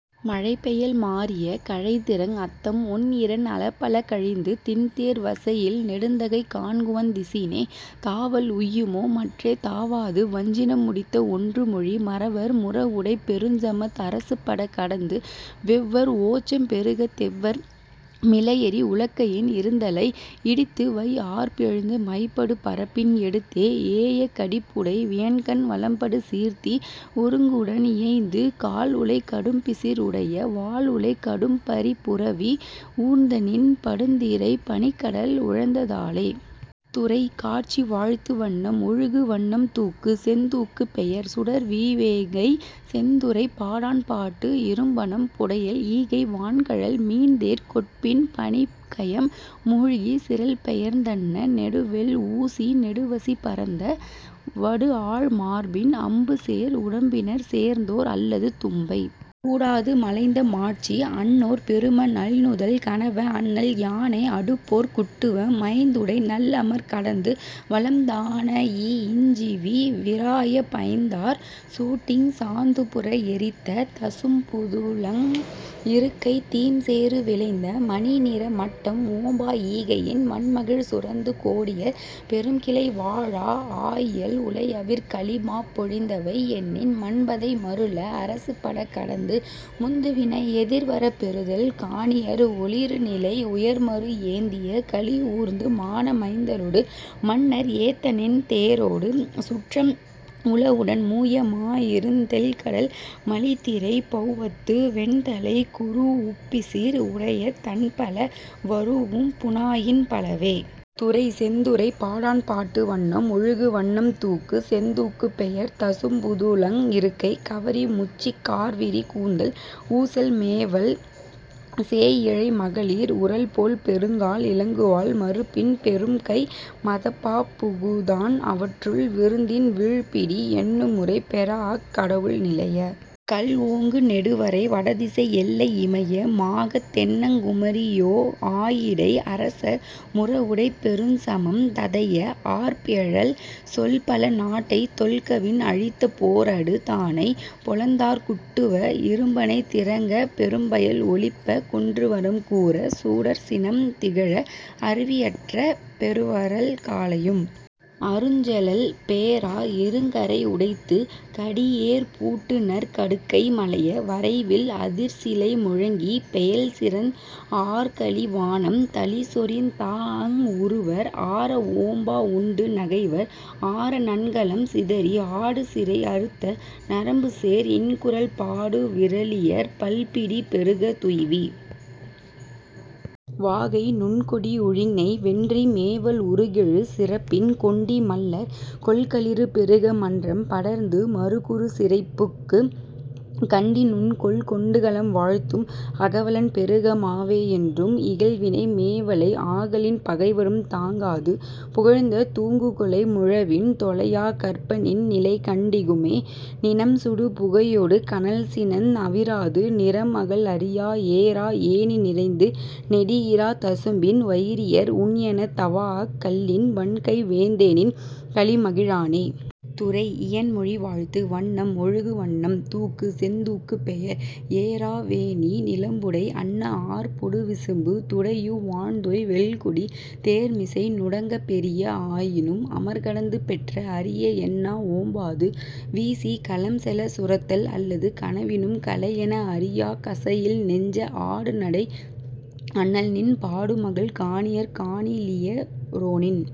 மழைபெயல் மாறிய கழைதிரங் அத்தம் ஒன்இரண் அலபல கழிந்து திண்தேர் வசைஇல் நெடுந்தகை காண்குவந் திசினே தாவல் உய்யுமோ மற்றே தாவாது வஞ்சினம் முடித்த ஒன்றுமொழி மறவர் முரஉடைப் பெருஞ்சமத் அரசுபடக் கடந்து வெவ்வர் ஓச்சம் பெருகத் தெவ்வர் மிளஎறி உலக்கையின் இருந்தலை இடித்து வைஆர்ப் எழுந்த மைபடு பரப்பின் எடுத்தே ஏய கடிப்உடை வியன்கண் வலம்படு சீர்த்தி ஒருங்உடன் இயைந்து கால்உளைக் கடும்பிசிர் உடைய வால்உளைக் கடும்பரிப் புரவி ஊர்ந்தநின் படுந்திரைப் பனிக்கடல் உழந்த தாளே. துறை: காட்சி வாழ்த்து வண்ணம்: ஒழுகு வண்ணம் தூக்கு: செந்தூக்கு பெயர்: சுடர்வீவேங்கை செந்துறைப் பாடாண்பாட்டு இரும்பனம் புடையல் ஈகை வான்கழல் மீன்தேர் கொட்பின் பனிக்கயம் மூழ்கிச் சிரல்பெயர்ந் தன்ன நெடுவெள் ஊசி நெடுவசி பரந்த வடுஆழ் மார்பின் அம்புசேர் உடம்பினர்ச் சேர்ந்தோர் அல்லது தும்பை சூடாது மலைந்த மாட்சி அன்னோர் பெரும நல்நுதல் கணவ அண்ணல் யானை அடுபோர்க் குட்டுவ மைந்உடை நல்அமர்க் கடந்து வலம்தாணஇ இஞ்சிவீ விராய பைந்தார் சூட்டிச் சாந்துபுறத் எறித்த தசும்புதுளங் இருக்கைத் தீம்சேறு விளைந்த மணிநிற மட்டம் ஓம்பா ஈகையின் வண்மகிழ் சுரந்து கோடியர் பெரும்கிளை வாழ ஆஇயல் உளைஅவிர் கலிமாப் பொழிந்தவை எண்ணின் மன்பதை மருள அரசுபடக் கடந்து முந்துவினை எதிர்வரப் பெறுதல் காணியர் ஒளிறுநிலை உயர்மருப் ஏந்திய களிஊர்ந்து மான மைந்தரொடு மன்னர் ஏத்தநின் தேரொடு சுற்றம் உலஉடன் மூய மாஇருந் தெள்கடல் மலிதிரைப் பெளவத்து வெண்தலைக் குரூஉப்பிசிர் உடையத் தண்பல வரூஉம் புணாயின் பலவே. துறை: செந்துறைப் பாடாண்பாட்டு வண்ணம்: ஒழுகு வண்ணம் தூக்கு: செந்தூக்கு பெயர்: தசும்புதுளங் இருக்கை கவரி முச்சிக் கார்விரி கூந்தல் ஊசல் மேவல் சேய்இழை மகளிர் உரல்போல் பெருங்கால் இலங்குவாள் மருப்பின் பெரும்கை மதமாப் புகுதான் அவற்றுள் விருந்தின் வீழ்பிடி எண்ணுமுறை பெறாஅக் கடவுள் நிலைய கல்ஓங்கு நெடுவரை வடதிசை எல்லை இமய மாகத் தென்னங் குமரியொ ஆயிடை அரசர் முரஉடைப் பெரும்சமம் ததைய ஆர்ப்எழச் சொல்பல நாட்டைத் தொல்கவின் அழித்த போர்அடு தானைப் பொலந்தார்க் குட்டுவ இரும்பணை திரங்கப் பெரும்பயல் ஒளிப்பக் குன்றுவறம் கூரச் சுடர்சினம் திகழ அருவிஅற்ற பெருவறல் காலையும் அருஞ்செலல் பேராற் இருங்கரை உடைத்துக் கடிஏர் பூட்டுநர் கடுக்கை மலைய வரைவில் அதிர்சிலை முழங்கிப் பெயல்சிறந் ஆர்கலி வானம் தளிசொரிந் தாஅங் உறுவர் ஆர ஓம்பா உண்டு நகைவர் ஆர நன்கலம் சிதறி ஆடுசிறை அறுத்த நரம்புசேர் இன்குரல் பாடு விறலியர் பல்பிடி பெறுக துய்வீ வாகை நுண்கொடி உழிஞை வென்றி மேவல் உருகெழு சிறப்பின் கொண்டி மள்ளர் கொல்களிறு பெறுக மன்றம் படர்ந்து மறுகுசிறைப் புக்குக் கண்டி நுண்கோல் கொண்டுகளம் வாழ்த்தும் அகவலன் பெறுக மாவே என்றும் இகல்வினை மேவலை ஆகலின் பகைவரும் தாங்காது புகழ்ந்த தூங்குகொளை முழவின் தொலையாக் கற்பநின் நிலைகண் டிகுமே நிணம்சுடு புகையொடு கனல்சினந் அவிராது நிரம்அகல் அறியா ஏறா ஏணி நிறைந்து நெடிஇராத் தசும்பின் வயிரியர் உண்எனத் தவாஅக் கள்ளின் வண்கை வேந்தேநின் கலிமகி ழானே. துறை: இயன்மொழிவாழ்த்து வண்ணம்: ஒழுகு வண்ணம் தூக்கு: செந்தூக்கு பெயர்: ஏறாவேணி நிலம்புடைப் அன்னஆர்ப் பொடுவிசும்பு துடையூ வான்தோய் வெல்கொடி தேர்மிசை நுடங்கப் பெரிய ஆயினும் அமர்கடந்து பெற்ற அரிய என்னா ஓம்பாது வீசிக் கலம்செலச் சுரத்தல் அல்லது கனவினும் களைஎன அறியாக் கசஇல் நெஞ்சத் ஆடுநடை அண்ணல்நின் பாடுமகள் காணியர் காணி லியரோநின்